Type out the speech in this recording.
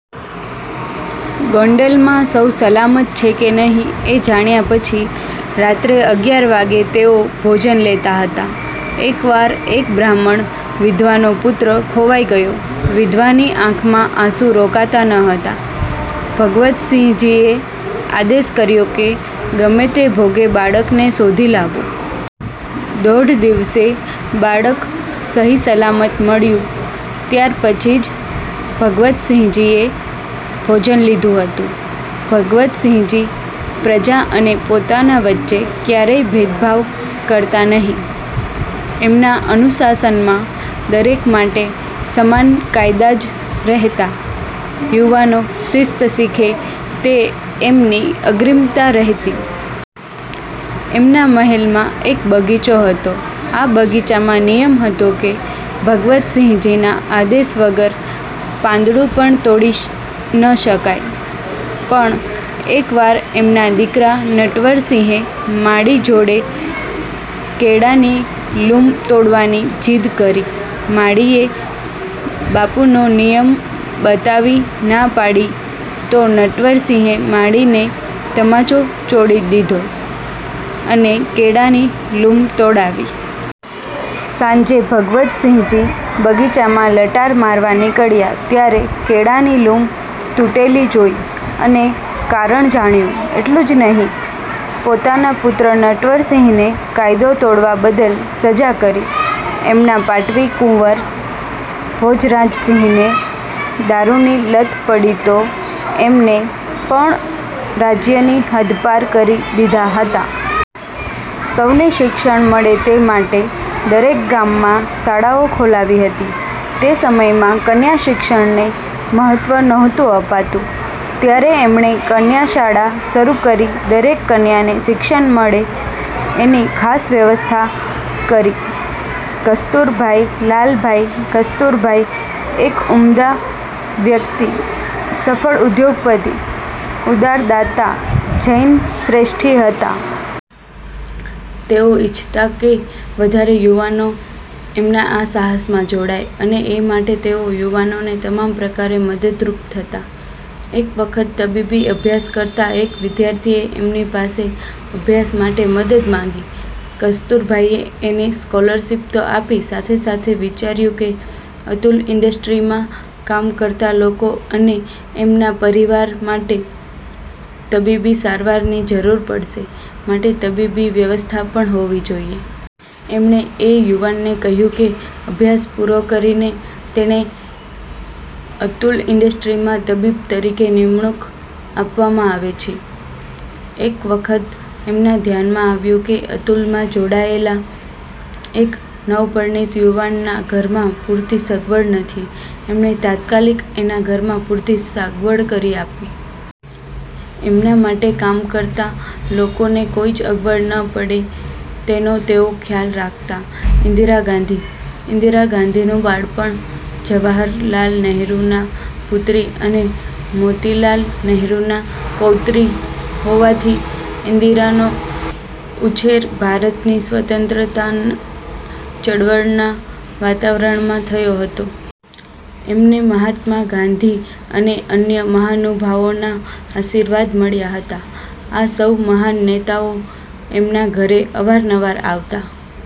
ગોંડલમાં સૌ સલામત છે કે નહીં એ જાણ્યા પછી રાત્રે અગિયાર વાગ્યે તેઓ ભોજન લેતા હતા. એક વાર એક બ્રાહ્મણ વિધવાનો પુત્ર ખોવાઇ ગયો. વિધવાની આંખમાં આંસુ રોકાતા ન હતાં. ભગવતસિંહજીએ આદેશ કર્યો કે, ગમે તે ભોગે બાળકને શોધી લાવો. દોઢ દિવસે બાળક સહી સલામત મળ્યું ત્યાર પછી જ ભગવતસિંહજીએ ભોજન લીધું હતું. ભગવતસિંહજી પ્રજા અને પોતાના વચ્ચે ક્યારેય ભેદભાવ કરતા નહીં. એમના અનુશાસનમાં દરેક માટે સમાન કાયદા જ રહેતા. યુવાનો શિસ્ત શીખે તે એમની અગ્રીમતા રહેતી. એમના મહેલમાં એક બગીચો હતો. આ બગીચામાં નિયમ હતો કે, ભગવતસિંહજીના આદેશ વગર પાંદડું પણ તોડી ન શકાય. પણ એકવાર એમના દીકરા નટવરસિંહે માળી જોડે કેળાની લૂમ તોડવાની જીદ કરી. માળીએ બાપુનો નિયમ બતાવી ના પાડી તો નટવરસિંહે માળીને તમાચો ચોડી દીધો અને કેળાની લૂમ તોડાવી. સાંજે ભગવતસિંહજી બગીચામાં લટાર મારવા નીકળ્યા ત્યારે કેળાની લૂમ તૂટેલી જોઇ અને કારણ જાણ્યું. એટલું જ નહીં, પોતાના પુત્ર નટવરસિંહને કાયદો તોડવા બદલ સજા કરી. એમના પાટવી કુંવર ભોજરાજસિંહને દારૂની લત પડી તો એમને પણ રાજ્યની હદપાર કરી દીધા હતા. સૌને શિક્ષણ મળે તે માટે દરેક ગામમાં શાળાઓ ખોલાવી હતી. તે સમયમાં કન્યાશિક્ષણને મહત્વ નહોતું અપાતું ત્યારે એમણે કન્યાશાળા શરુ કરી દરેક કન્યાને શિક્ષણ મળે એની ખાસ વ્યવસ્થા કરી. કસ્તુરભાઈ લાલભાઇ કસ્તુરભાઈ એક ઉમદા વ્યક્તિ, સફળ ઉદ્યોગપતિ, ઉદાર દાતા, જૈન શ્રેષ્ઠી હતા. તેઓ ઇચ્છતા કે વધારે યુવાનો એમના આ સાહસમાં જોડાય અને એ માટે તેઓ યુવાનોને તમામ પ્રકારે મદદરુપ થતા. એક વખત તબીબી અભ્યાસ કરતા એક વિદ્યાર્થીએ એમની પાસે અભ્યાસ માટે મદદ માંગી. કસ્તુરભાઈએ એને સ્કોલરશીપ તો આપી સાથે સાથે વિચાર્યું કે અતુલ ઇન્ડસ્ટ્રીમાં કામ કરતા લોકો અને એમના પરિવાર માટે તબીબી સારવારની જરુર પડશે માટે તબીબી વ્યવસ્થા પણ હોવી જોઈએ. એમણે એ યુવાનને કહ્યું કે અભ્યાસ પૂરો કરીને તેને અતુલ ઇન્ડસ્ટ્રીમાં તબીબ તરીકે નિમણુંક આપવામાં આવે છે! એક વખત એમના ધ્યાનમાં આવ્યું કે અતુલમાં જોડાયેલા એક નવપરિણીત યુવાનના ઘરમાં પૂરતી સગવડ નથી. એમણે તાત્કાલિક એના ઘરમાં પૂરતી સગવડ કરી આપી. એમના માટે કામ કરતા લોકોને કોઈ જ અગવડ ન પડે તેનો તેઓ ખ્યાલ રાખતા. ઇન્દિરા ગાંધી ઇન્દિરા ગાંધીનું બાળપણ જવાહરલાલ નહેરુના પુત્રી અને મોતીલાલ નહેરુના પૌત્રી હોવાથી ઇન્દિરા ગાંધીનો ઉછેર ભારતની સ્વતંત્રતા ચળવળના વાતાવરણમાં થયો હતો. એમને મહાત્મા ગાંધી અને અન્ય મહાનુભાવોના આશીર્વાદ મળ્યા હતા. આ સૌ મહાન નેતાઓ એમના ઘરે અવારનવાર આવતા.